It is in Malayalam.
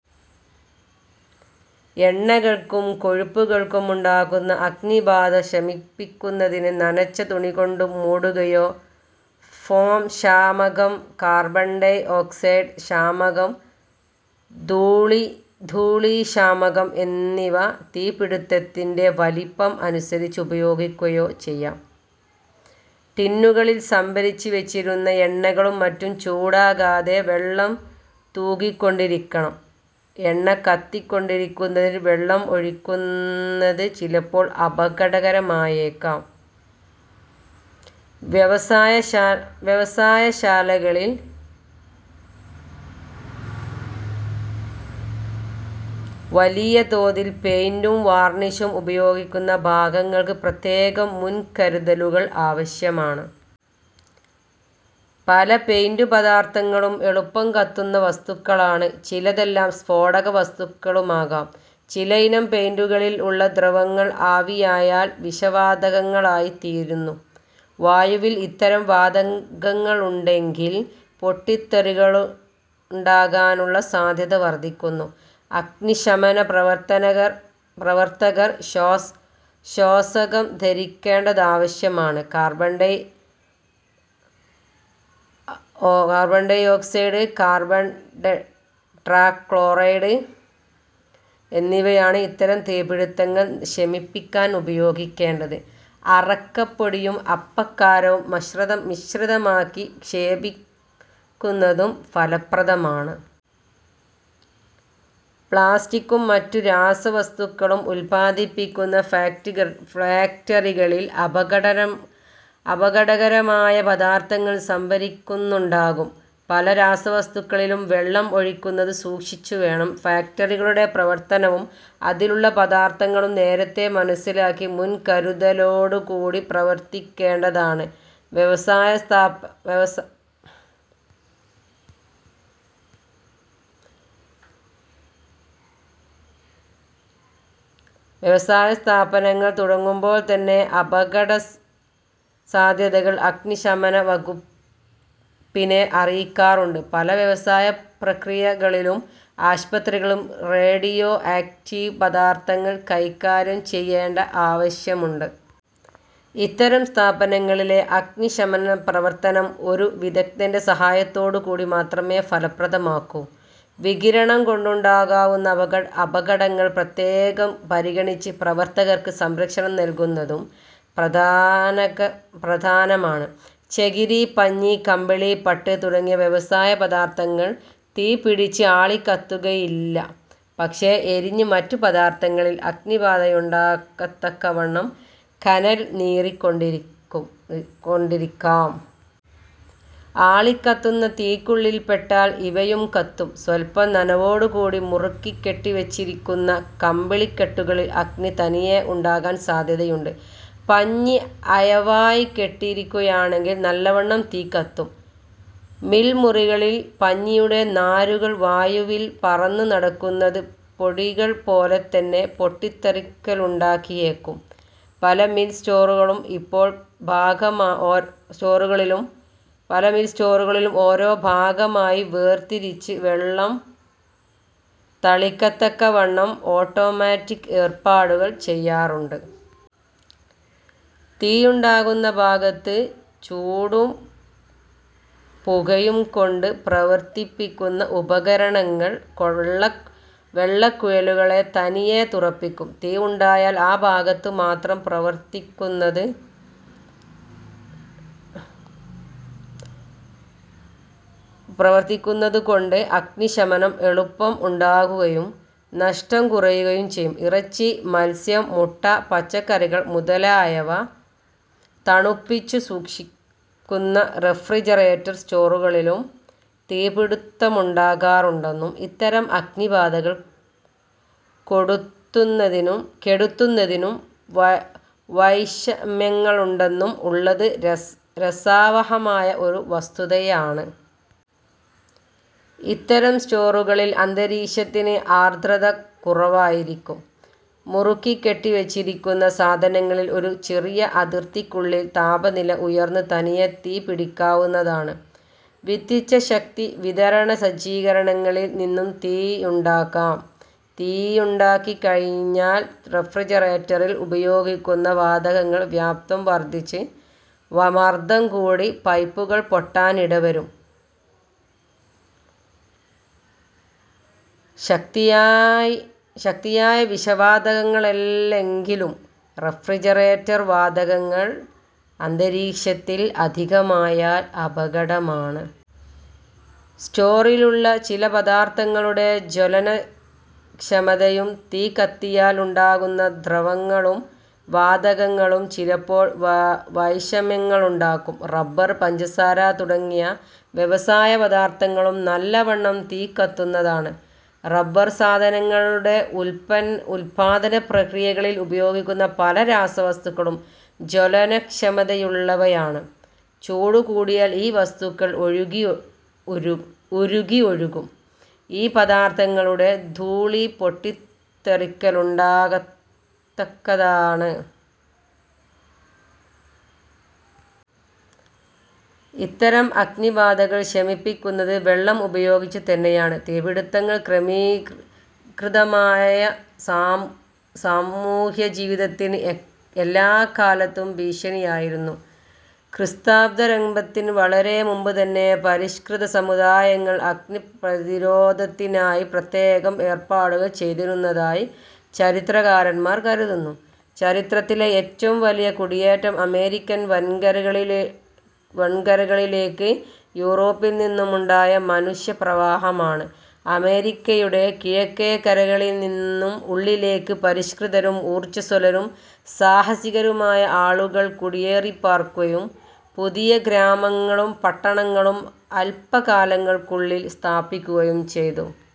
എണ്ണകൾക്കും കൊഴുപ്പുകൾക്കും ഉണ്ടാകുന്ന അഗ്നിബാധ ശമിപ്പിക്കുന്നതിന് നനച്ച തുണികൊണ്ടു മൂടുകയോ, ഫോംശാമകം, കാർബൺഡൈഓക്സൈഡ് ശാമകം, ധൂളിശാമകം, എന്നിവ തീപിടിത്തത്തിന്റെ വലിപ്പം അനുസരിച്ച് ഉപയോഗിക്കുകയോ ചെയ്യാം. ടിന്നുകളിൽ സംഭരിച്ചുവച്ചിരിക്കുന്ന എണ്ണകളും മറ്റും ചൂടാകാതെ വെള്ളം തൂകിക്കൊണ്ടിരിക്കണം. എണ്ണകത്തിക്കൊണ്ടിരിക്കുന്നതിൽ വെള്ളം ഒഴിക്കുന്നത് ചിലപ്പോൾ അപകടകരമായേക്കും. വ്യവസായശാലകളിൽ വലിയ തോതിൽ പെയിന്റും, വാർണിഷും ഉപയോഗിക്കുന്ന ഭാഗങ്ങൾക്ക് പ്രത്യേകം മുൻകരുതലുകൾ ആവശ്യമാണ്. പല പെയിന്റുപദാർഥങ്ങളും എളുപ്പം കത്തുന്ന വസ്തുക്കളാണ്. ചിലതെല്ലാം സ്ഫോടകവസ്തുക്കളുമാകാം. ചിലയിനം പെയിന്റുകളിൽ ഉള്ള ദ്രവങ്ങൾ ആവിയായാൽ വിഷവാതകങ്ങളായിത്തീരുന്നു. വായുവിൽ ഇത്തരം വാതകങ്ങളുണ്ടെങ്കിൽ പൊട്ടിത്തെറികളുണ്ടാകാനുള്ള സാധ്യത വർധിക്കുന്നു. അഗ്നിശമന പ്രവർത്തകർ ശ്വാസകം ധരിക്കേണ്ടതാവശ്യമാണ്. കാർബൺഡൈഓക്സൈഡ്, കാർബൺടെട്രാക്ലോറൈഡ് എന്നിവയാണ് ഇത്തരം തീപിടിത്തങ്ങൾ ശമിപ്പിക്കാൻ ഉപയോഗിക്കേണ്ടത്. അറക്കപൊടിയും, അപ്പക്കാരവും മിശ്രിതമാക്കി ക്ഷേപിക്കുന്നതും ഫലപ്രദമാണ്. പ്ലാസ്റ്റിക്കും മറ്റു രാസവസ്തുക്കളും ഉത്പാദിപ്പിക്കുന്ന ഫാക്ടറികളിൽ അപകടകരമായ പദാർഥങ്ങൾ സംഭരിക്കുന്നുണ്ടാകും. പല രാസവസ്തുക്കളിലും വെള്ളം ഒഴിക്കുന്നത് സൂക്ഷിച്ചുവേണം. ഫാക്ടറിയുടെ പ്രവർത്തനവും, അതിലുള്ള പദാർഥങ്ങളും നേരത്തെ മനസ്സിലാക്കി മുൻകരുതലോടുകൂടി പ്രവർത്തിക്കേണ്ടതാണ്. വ്യവസായസ്ഥാപനങ്ങൾ തുടങ്ങുമ്പോൾതന്നെ, അപകടസാധ്യതകൾ അഗ്നിശമനവകുപ്പിനെ അറിയിക്കാറുണ്ട്. പല വ്യവസായപ്രക്രിയകളിലും, ആശുപത്രികളിലും റേഡിയോ ആക്റ്റീവ് പദാർഥങ്ങൾ കൈകാര്യം ചെയ്യേണ്ട ആവശ്യമുണ്ട്. ഇത്തരം സ്ഥാപനങ്ങളിലെ അഗ്നിശമനപ്രവർത്തനം ഒരു വിദഗ്ദ്ധന്റെ സഹായത്തോടുകൂടി മാത്രമേ ഫലപ്രദമാകൂ. വികിരണം കൊണ്ടുണ്ടാകാവുന്ന അപകടങ്ങൾ പ്രത്യേകം പരിഗണിച്ച് പ്രവർത്തകർക്ക് സംരക്ഷണം നല്കുന്നതും പ്രധാനമാണ്. ചകിരി, പഞ്ഞി, കമ്പിളി, പട്ട് തുടങ്ങിയ വ്യവസായ പദാർഥങ്ങൾ തീപിടിച്ച് ആളിക്കത്തുകയില്ല, പക്ഷേ എരിഞ്ഞ് മറ്റു പദാർഥങ്ങളിൽ അഗ്നിബാധയുണ്ടാകത്തക്കവണ്ണം കനൽ നീറിക്കൊണ്ടിരിക്കാം. ആളിക്കത്തുന്ന തീക്കുള്ളിൽ പെട്ടാൽ ഇവയും കത്തും. സ്വല്പം നനവോടുകൂടി മുറുക്കി കെട്ടിവച്ചിരിക്കുന്ന കമ്പിളിക്കെട്ടുകളിൽ അഗ്നി തനിയെ ഉണ്ടാകാൻ സാധ്യതയുണ്ട്. പഞ്ഞി അയവായി കെട്ടിയിരിക്കുകയാണെങ്കിൽ നല്ലവണ്ണം തീ കത്തും. മിൽ മുറികളിൽ പഞ്ഞിയുടെ നാരുകൾ വായുവിൽ പറന്നുനടക്കുന്നത് പൊടികൾപോലെതന്നെ പൊട്ടിത്തെറിക്കലുണ്ടാക്കിയേക്കും. പല മിൽ സ്റ്റോറുകളിലും ഓരോ ഭാഗമായി വേർതിരിച്ച് വെള്ളം തളിക്കത്തക്കവണ്ണം ഓട്ടോമാറ്റിക് ഏർപ്പാടുകൾ ചെയ്യാറുണ്ട്. തീയുണ്ടാകുന്ന ഭാഗത്ത് ചൂടും പുകയുംകൊണ്ട് പ്രവർത്തിപ്പിക്കുന്ന ഉപകരണങ്ങൾ വെള്ളക്കുഴലുകളെ തനിയെ തുറപ്പിക്കും. തീ ഉണ്ടായാൽ ആ ഭാഗത്തു മാത്രം പ്രവർത്തിക്കുന്നതുകൊണ്ട് അഗ്നിശമനം എളുപ്പം ഉണ്ടാകുകയും നഷ്ടം കുറയുകയും ചെയ്യും. ഇറച്ചി, മത്സ്യം, മുട്ട, പച്ചക്കറികൾ മുതലായവ തണുപ്പിച്ചു സൂക്ഷിക്കുന്ന റഫ്രിജറേറ്റർ സ്റ്റോറുകളിലും തീപിടിത്തമുണ്ടാകാറുണ്ടെന്നും ഇത്തരം അഗ്നിബാധകൾ കെടുത്തുന്നതിനു വൈഷമ്യങ്ങളുണ്ടെന്നും ഉള്ളത് രസാവഹമായ ഒരു വസ്തുതയാണ്. ഇത്തരം സ്റ്റോറുകളിൽ അന്തരീക്ഷത്തിന് ആർദ്രത കുറവായിരിക്കും. മുറുക്കിക്കെട്ടിവച്ചിരിക്കുന്ന സാധനങ്ങളിൽ ഒരു ചെറിയ അതിർത്തിക്കുള്ളിൽ താപനില ഉയർന്ന് തനിയെ തീ പിടിക്കാവുന്നതാണ്. വിദ്യുച്ഛക്തി വിതരണസജ്ജീകരണങ്ങളിൽ നിന്നും തീയുണ്ടാകാം. തീയുണ്ടായിക്കഴിഞ്ഞാൽ റഫ്രിജറേറ്ററിൽ ഉപയോഗിക്കുന്ന വാതകങ്ങൾ വ്യാപ്തം വർധിച്ച് മർദംകൂടി പൈപ്പുകൾ പൊട്ടാനിടവരും. ശക്തിയായ വിഷവാതകങ്ങളല്ലെങ്കിലും റഫ്രിജറേറ്റർവാതകങ്ങൾ അന്തരീക്ഷത്തിൽ അധികമായാൽ അപകടമാണ്. സ്റ്റോറിലുള്ള ചില പദാർഥങ്ങളുടെ ജ്വലനക്ഷമതയും തീ കത്തിയാൽ ഉണ്ടാകുന്ന ദ്രവങ്ങളും വാതകങ്ങളും ചിലപ്പോൾ വൈഷമ്യങ്ങളുണ്ടാക്കും. റബർ, പഞ്ചസാര തുടങ്ങിയ വ്യവസായപദാർഥങ്ങളും നല്ലവണ്ണം തീ കത്തുന്നതാണ്. റബർസാധനങ്ങളുടെ ഉത്പാദനപ്രക്രിയകളിൽ ഉപയോഗിക്കുന്ന പല രാസവസ്തുക്കളും ജ്വലനക്ഷമതയുള്ളവയാണ്. ചൂടുകൂടിയാൽ ഈ വസ്തുക്കൾ ഉരുകി ഒഴുകും. ഈ പദാർഥങ്ങളുടെ ധൂളി പൊട്ടിത്തെറിക്കലുണ്ടാകത്തക്കതാണ്. ഇത്തരം അഗ്നിബാധകൾ ശമിപ്പിക്കുന്നത് വെള്ളം ഉപയോഗിച്ചുതന്നെയാണ്. തീപിടിത്തങ്ങൾ ക്രമീകൃതമായ സാമൂഹ്യജീവിതത്തിന് എല്ലാക്കാലത്തും ഭീഷണിയായിരുന്നു. ക്രിസ്ത്വബ്ദാരംഭത്തിനു വളരെ മുമ്പുതന്നെ പരിഷ്കൃത സമുദായങ്ങൾ അഗ്നിപ്രതിരോധത്തിനായി പ്രത്യേകം ഏർപ്പാടുകൾ ചെയ്തിരുന്നതായി ചരിത്രകാരൻമാർ കരുതുന്നു. ചരിത്രത്തിലെ ഏറ്റവും വലിയ കുടിയേറ്റം അമേരിക്ക വൻകരകളിലേക്ക് യൂറോപ്പിൽനിന്നുമുണ്ടായ മനുഷ്യപ്രവാഹമാണ്. അമേരിക്കയുടെ കിഴക്കേ കരകളിൽനിന്നും ഉള്ളിലേക്ക് പരിഷ്കൃതരും, ഊർജസ്വലരും, സാഹസികരുമായ ആളുകൾ കുടിയേറിപ്പാർക്കുകയും പുതിയ ഗ്രാമങ്ങളും പട്ടണങ്ങളും അല്പകാലങ്ങൾക്കുള്ളിൽ സ്ഥാപിക്കുകയും ചെയ്തു.